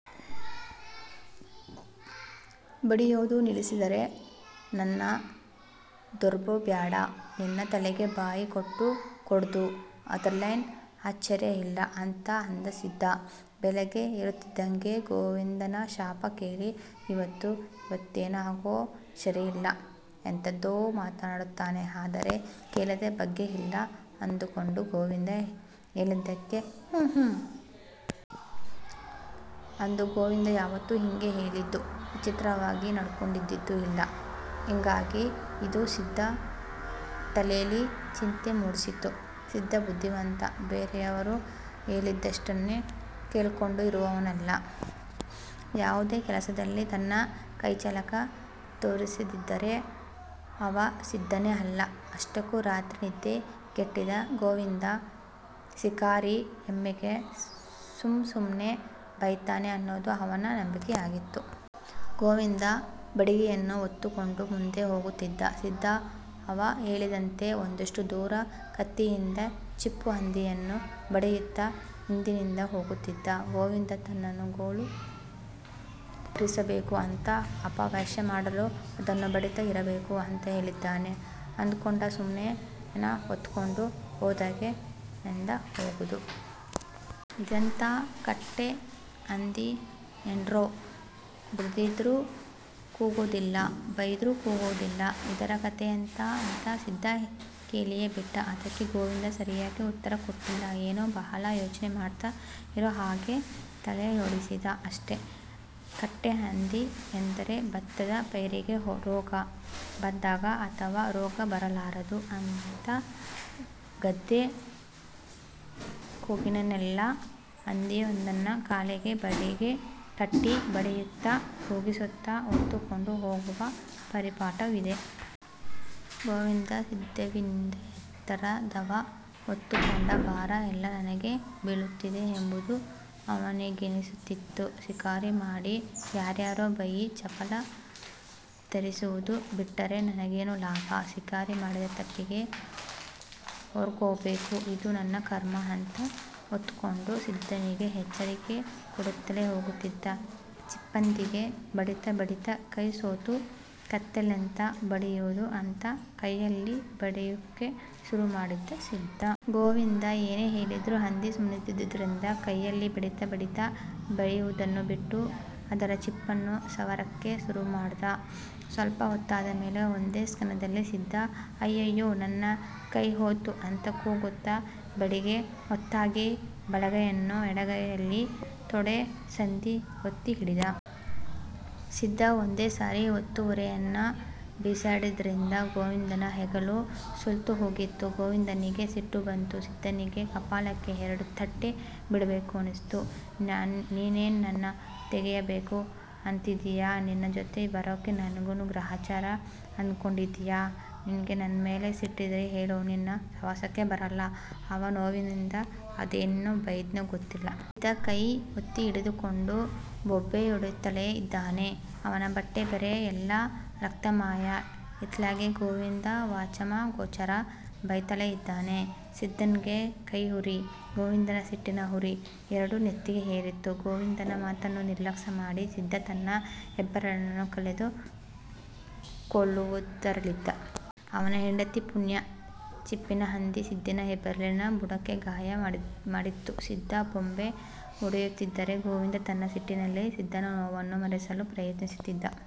ಬಡಿಯೋದು ನಿಲ್ಲಿಸಿದರೆ, ನನ್ನ ದೂರ್ಕೊಬ್ಯಾಡ. ನಿನ್ನ ತಲೆಗೇ ಬಾಯಿ ಕೊಟ್ರು ಕೊಡ್ತು. ಅದರಲ್ಲೇನ್ ಆಶ್ಚರ್ಯ ಇಲ್ಲಾ' ಅಂತ ಅಂದ. ಸಿದ್ದ ಬೆಳಿಗ್ಗೆ ಏಳುತ್ತಿದ್ದಂಗೆ ಗೋವಿಂದನ ಶಾಪ ಕೇಳಿ ಇವತ್ತು ಇವನ್ಯಾಕೋ ಸರಿಯಿಲ್ಲ, ಎಂತೆಂತದೋ ಮಾತಾಡ್ತಾನೆ, ಅದರೆ ಕೇಳದೇ ಬಗೆ ಇಲ್ಲ ಅಂದುಕೊಂಡು ಗೋವಿಂದ ಹೇಳಿದ್ದಕ್ಕೆಲ್ಲಾ 'ಹುಂಹುಂ.. ' ಅಂದ. ಗೋವಿಂದ ಯಾವತ್ತೂ ಹಿಂಗೆ ಹೇಳಿದ್ದು, ವಿಚಿತ್ರವಾಗಿ ನಡ್ಕೊಂಡಿದ್ದು ಇಲ್ಲ. ಹಿಂಗಾಗಿ ಇದು ಸಿದ್ದ ತಲೇಲಿ ಚಿಂತೆ ಮೂಡ್ಸಿತ್ತು. ಸಿದ್ದ ಬುದ್ಧಿವಂತ ಬೇರೆಯವರು ಹೇಳಿದ್ದನ್ನಷ್ಟೆ ಕೇಳ್ಕೊಂಡು ಇರುವವನಲ್ಲ. ಯಾವುದೇ ಕೆಲಸದಲ್ಲಿ ತನ್ನ ಕೈಚಳಕ ತೋರಿಸದಿದ್ದರೆ ಅವ ಸಿದ್ದನೇ ಅಲ್ಲ. ಅಷ್ಟಕ್ಕೂ ರಾತ್ರಿ ನಿದ್ದೆ ಗೆಟ್ಟಿದ್ದ ಗೋವಿಂದ ಶಿಕಾರಿ ಹೆಮ್ಮೆಗೆ ಸುಮ್ ಸುಮ್ಮನೆ ಬೈತನೇ ಅನ್ನೋದು ಅವನ ನಂಬಿಕೆಯಾಗಿತ್ತು. ಗೋವಿಂದ ಬಡಿಗೆಯನ್ನು ಹೊತ್ತುಕೊಂಡು ಮುಂದೆ ಹೋಗುತ್ತಿದ್ದ. ಸಿದ್ದ ಅವಹೇಳಿದಂತೆ ಒಂದಷ್ಟು ದೂರ ಕತ್ತಿಯಿಂದ ಚಿಪ್ಪುಹಂದಿಯನ್ನ ಬಡಿಯುತ್ತ ಹಿಂದಿನಿಂದ ಹೋಗುತ್ತಿದ್ದ. ಗೋವಿಂದ ತನ್ನನ್ನು ಗೋಳು ಬರಿಸಬೇಕು ಅಂಥ ಅಪಹಾಸ್ಯ ಮಾಡಲು ಅದನ್ನು ಬಡಿತಾ ಇರಬೇಕು ಅಂತ ಹೇಳಿದ್ದಾನೆ ಅದ್ಕೊಂಡ. 'ಸುಮ್ನೆ ಹೆಣ ಹೊತ್ಗೊಂಡು ಹೋದಂಗೆ ಎಂಥಾ ಹೋಗದು. ಇದೆಂಥಾ ಕಟ್ಟೆ ಹಂದಿನೇಂಡ್ರೋ, ಬಡಿದ್ರೂ ಕೂಗೋದಿಲ್ಲ, ಬೈದ್ರೂ ಕೂಗೋದಿಲ್ಲ, ಇದರ ಕತೆಯೆಂತಾ' ಅಂತ ಸಿದ್ದ ಕೇಳಿಯೇ ಬಿಟ್ಟ. ಅದಕ್ಕೆ ಗೋವಿಂದ ಸರಿಯಾಗಿ ಉತ್ತರ ಕೊಡ್ಲಿಲ್ಲ. ಏನೋ ಬಹಳ ಯೋಚ್ನೆ ಮಾಡ್ತಾ ಇರೋಹಾಗೆ ತಲೆಯಾಡಿಸಿದ ಅಷ್ಟೇ. ಕಟ್ಟೆ ಹಂದಿ ಎಂದರೆ ಬತ್ತದ ಪೈರಿಗೆ ರೋಗ ಬಂದಾಗ ಅಥವಾ ರೋಗ ಬರಬಾರದು ಅಂತ ಗದ್ದೆ ಕೊಗಿನಲ್ಲೆಲ್ಲ ಹಂದಿಯೊಂದನ್ನು ಕಾಲಿಗೆ ಬಡಿಗೆ ಕಟ್ಟಿ ಬಡಿಯುತ್ತ ಕೂಗಿಸುತ್ತ ಹೊತ್ತುಕೊಂಡು ಹೋಗುವ ಪರಿಪಾಠವಿದೆ. ಗೋವಿಂದ ಸಿದ್ದನಿಗಿಂತ ಎತ್ತರದವ. ಹೊತ್ತುಕೊಂಡ ಬಾರ ಎಲ್ಲಾ ನನಗೆ ಬಿಳುತ್ತಿದೆ ಎಂಬುದು ಅವನಿಗನ್ನಿಸುತ್ತಿತ್ತು. ಶಿಕಾರಿ ಮಾಡಿ ಯಾರ್ಯರೋ ಬಾಯಿ ಚಪಲ ತಿರಿಸುವುದು ಬಿಟ್ಟರೆ ನನಗೇನು ಲಾಭ? ಶಿಕಾರಿ ಮಾಡಿದ ತಪ್ಪಿಗೆ ಹೊರ್ಬೇಕು, ಇದು ನನ್ನ ಕರ್ಮ ಅಂತ ಹೊತ್ತುಕೊಂಡು, ಸಿದ್ದನಿಗೆ ಎಚ್ಚರಿಕೆ ಕೊಡುತ್ತಲೇ ಹೋಗ್ತಿದ್ದ. ಚಿಪ್ಪಂದಿಗೆ ಬಡಿತಾ ಬಡಿತಾ ಕೈ ಸೋತು, ಕತ್ತಿಲ್ಲೆಂತಾ ಬಡಿಯುವುದು ಅಂತ ಕೈಯಲ್ಲಿ ಬಡಿಯಕ್ಕೆ ಶುರು ಮಾಡ್ದ ಸಿದ್ದ. ಗೋವಿಂದ ಏನೇ ಹೇಳಿದ್ರೂ ಹಂದಿ ಸುಮ್ಮನಿದ್ದುದ್ದರಿಂದ ಕೈಯಲ್ಲಿ ಬಡಿತಾ ಬಡಿತಾ ಬಡಿಯುವುದನ್ನೂ ಬಿಟ್ಟು ಅದರ ಚಿಪ್ಪನ್ನು ಸವರಕ್ಕೆ ಶುರುಮಾಡ್ದ. ಸ್ವಲ್ಪ ಹೊತ್ತಾದ ಮೇಲೆ ಒಂದೇ ಕ್ಷಣದಲ್ಲಿ ಸಿದ್ದ 'ಅಯ್ಯಯ್ಯೊ ನನ್ನ ಕೈಯ್ ಹೋತು' ಅಂತ ಕೂಗುತ್ತಾ, ಬಡಿಗೆ ಹೊತ್ತಾಕಿ ಬಲಗೈಯನ್ನು ಎಡಗೈಯಲ್ಲಿ ತೊಡೆ ಸಂದಿ ಒತ್ತಿ ಹಿಡಿದ. ಸಿದ್ದ ಒಂದೇ ಸಾರಿ ಹೊತ್ತ ಹೊರೆಯನ್ನ ಬಿಸಾಡಿದ್ರಿಂದ ಗೋವಿಂದನ ಹೆಗಲು ಸುಲ್ದ್ ಹೋಗಿತ್ತು. ಗೋವಿಂದನಿಗೆ ಸಿಟ್ಟು ಬಂದು ಸಿದ್ದನಿಗೆ ಕಪಾಳಕ್ಕೆ ಎರಡು ತಟ್ಟೇ ಬಿಡಬೇಕು ಅನ್ನಿಸ್ತು. 'ನೀನೇನ್ ನನ್ನ ತೆಗೆಯಬೇಕು ಅಂತಿದ್ದಿಯಾನಿನ್ನ ಜೊತೆ ಬರೋಕೆ ನಂಗೇನು ಗ್ರಹಚಾರ ಅಂದ್ಕೊಂಡಿದ್ಯಾ. ನಿಂಗೆ ನನ್ನ ಮೇಲೆ ಸಿಟ್ಟಿದ್ರೆ ಹೇಳು ನಿನ್ನ ಸವಾಸಕ್ಕೆ ಬರಲ್ಲ' ಅವ ನೋವಿನಲ್ಲಿ ಅದೇನೇನ್ ಬೈದನೋ ಗೊತ್ತಿಲ್ಲ. ಸಿದ್ದ ಕೈ ಒತ್ತಿ ಹಿಡಿದುಕೊಂಡು ಬೊಬ್ಬೆಹೊಡೆಯುತ್ತಲೇ ಇದ್ದಾನೆ. ಅವನ ಬಟ್ಟೆ ಬರೆ ಎಲ್ಲ ರಕ್ತಮಯ. ಇತ್ಲಗೆ ಗೋವಿಂದ ವಾಚಮಗೋಚರ ಬೈಯುತ್ತಲೇ ಇದ್ದಾನೆ, ಸಿದ್ದಂಗೆ ಕೈ ಉರಿ, ಗೋವಿಂದನ ಸಿಟ್ಟಿನ ಉರಿ ಎರಡೂ ನೆತ್ತಿಗೆ ಏರಿತ್ತು. ಗೋವಿಂದನ ಮಾತನ್ನು ನಿರ್ಲಕ್ಷ್ಯ ಮಾಡಿ ಸಿದ್ದ ತನ್ನ ಹೆಬ್ಬೆರಳನ್ನ ಕಳೆದು ಕೊಳ್ಳುವುದರಲ್ಲಿದ್ದ. ಅವನ ಹೆಂಡತಿ ಪುಣ್ಯ, ಚಿಪ್ಪಿನ ಹಂದಿ ಸಿದ್ದನ ಹೆಬ್ಬೆರಳಿನ ಬುಡಕ್ಕೆ ಗಾಯ ಮಾಡಿತ್ತು. ಸಿದ್ದ ಬೊಬ್ಬೆ ಹೊಡಿಯುತ್ತಿದರೆ, ಗೋವಿಂದ ತನ್ನ ಸಿಟ್ಟಿನಲ್ಲಿ ಸಿದ್ದನ ನೋವನ್ನು ಮರೆಸಲು ಪ್ರಯತ್ನಿಸುತ್ತಿದ್ದ.